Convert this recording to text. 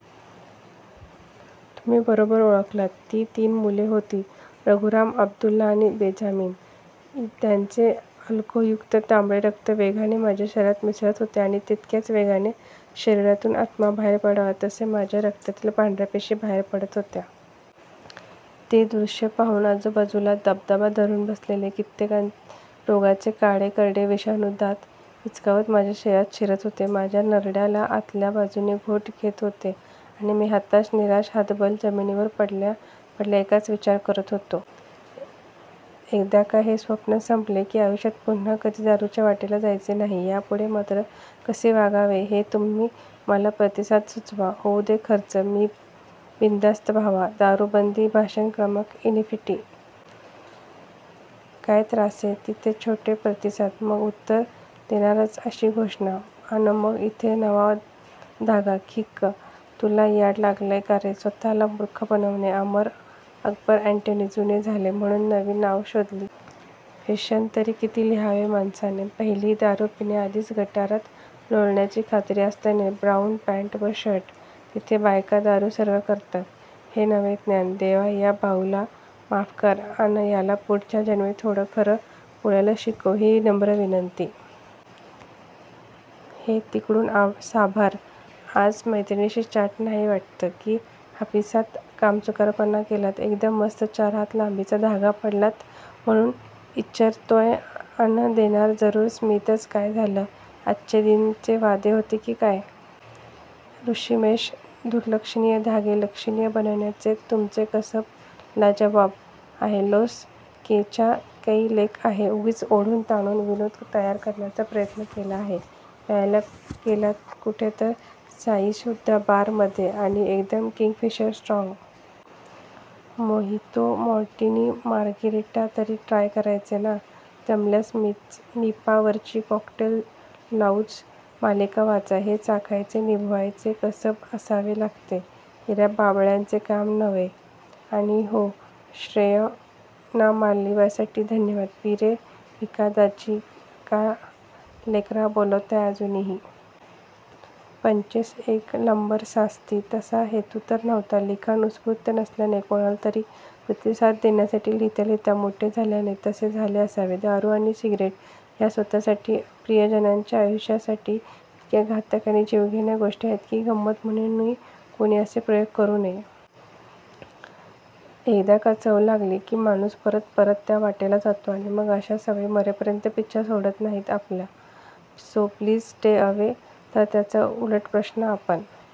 तुम्ही बरोबर ओळखलंत! ती तीन मुले होती रघुराम, अब्दुल्ला आणि बेंजामीन. त्यांचे अल्कोहोलयुक्त तांबडे रक्त वेगाने माझ्या शरीरात मिसळत होते आणि तितक्याच वेगाने शरीरातून आत्मा बाहेर पडावा तसे माझ्या रक्तातील पांढर्या पेशी बाहेर पडत होत्या. ते द्रुश्य पाहून आजूबाजूला दबा धरून बसलेले कित्येक रोगांचे काळेकरडे विषाणू, दात विचकावत माझ्या शरीरात शिरत होते. माझ्या नरड्याचा आतल्या बाजूने घोट घेत होते. आणि मी हताश निराश हतबल, जमिनीवर पडल्यापडल्या एकच विचार करत होतो. एकदा का हे स्वप्न संपले, की आयुष्यात पुन्हा कधी दारूच्या वाटेला जायचे नाही. यापुढे मात्र कसे वागावे हे तुम्ही मला प्रतिसादांत सुचवा.. होऊ दे खर्चा.! पी बिनधास्त भावा..!! दारूबंदी भाषण क्र. "" इन्फिनिटी. काय त्रासे! तिथे छोटे प्रतिसाद. मग उत्तर देनारच अशी घोषणा. अन मग इथे नवा धागा. खिक्क! तुला याड लागलय का रे? स्वतःला मूर्ख बनवणे. अमर अकबर अँटनी जुने झाले, म्हणून नवी नांवं शोधली. फिक्शन तरी किती लिहावं माणसाने! पहिली दारू पिण्याआधीच गटारात लोळण्याची खात्री असल्याने ब्राऊन पँट व शर्ट. तिथे बायका दारू सर्व करतात हे नवे ज्ञान! देवा, या भाऊला माफ कर, अन याला पुढच्या जन्मी थोडं खरं बोलायला शिकव, ही नम्र विनंती. हे 'तिकडूण' साभार. आज मैत्रिणीशी चॅट नाही वाट्टं? की हापिसात कामचुकारपणा केलात? एकदम मस्त चार हात लांबीचा धागा पाडलात म्हणून इच्चरतोयअन "देणार जरूर स्मित"चं काय झालं? अच्चे दिन चे वादे होते की काय? ऋन्मेष, दुर्लक्षणीय धागे लक्षणीय बनवण्याचे तुमचे कसब लाजवाब आहे. लोल्स!! कै च्या कै लेख आहे. उगीच ओढून ताणून विनोद तयार करायचा प्रयत्न केला आहे. प्यायला गेलात कुठे तर "साईश्रद्धा बार" मध्ये? आणि एकदम Kingfisher strong? Mojito, martini, margarita तरी ट्राय करायचे ना? जमल्यास मिपा वरची कॉकटेल लाऊंज मालिका वाचा. हे चाखायचे, निभावयाचे कसब असावे लागते. येरागबाळ्याचे काम नोहे! आणि हो श्रेयनामावलीसाठी धन्यवाद!! पी रे पीकांदाजी, का लेकराला बोलताय अजूनही?.. पंचेस एक लंबरसाती, तसा हेतू तर नव्हता. लिखाण उत्स्फुर्त नसल्याने, कोणाला तरी प्रतिसाद देण्यासाठी लिहिता लिहिता मोठे झाल्याने तसे झाले असावे. दारु आणि सिगारेट ह्या स्वतःसाठी आणि प्रियजंनाच्या आयुष्यासाठी इतक्या घातक आणि जीवघेण्या गोष्टी आहेत की गम्मत म्हणूनही कुणी असे प्रयोग करु नये. एकदा का चव चांगली लागली की माणूस परत परत त्याच्या वाट्याला जातो आणि मग अशा सवयी मरेपर्यंत पिच्छा सोडत नाहीत आपला. So please stay away! तर त्याचा उलट प्रश्न, "आपण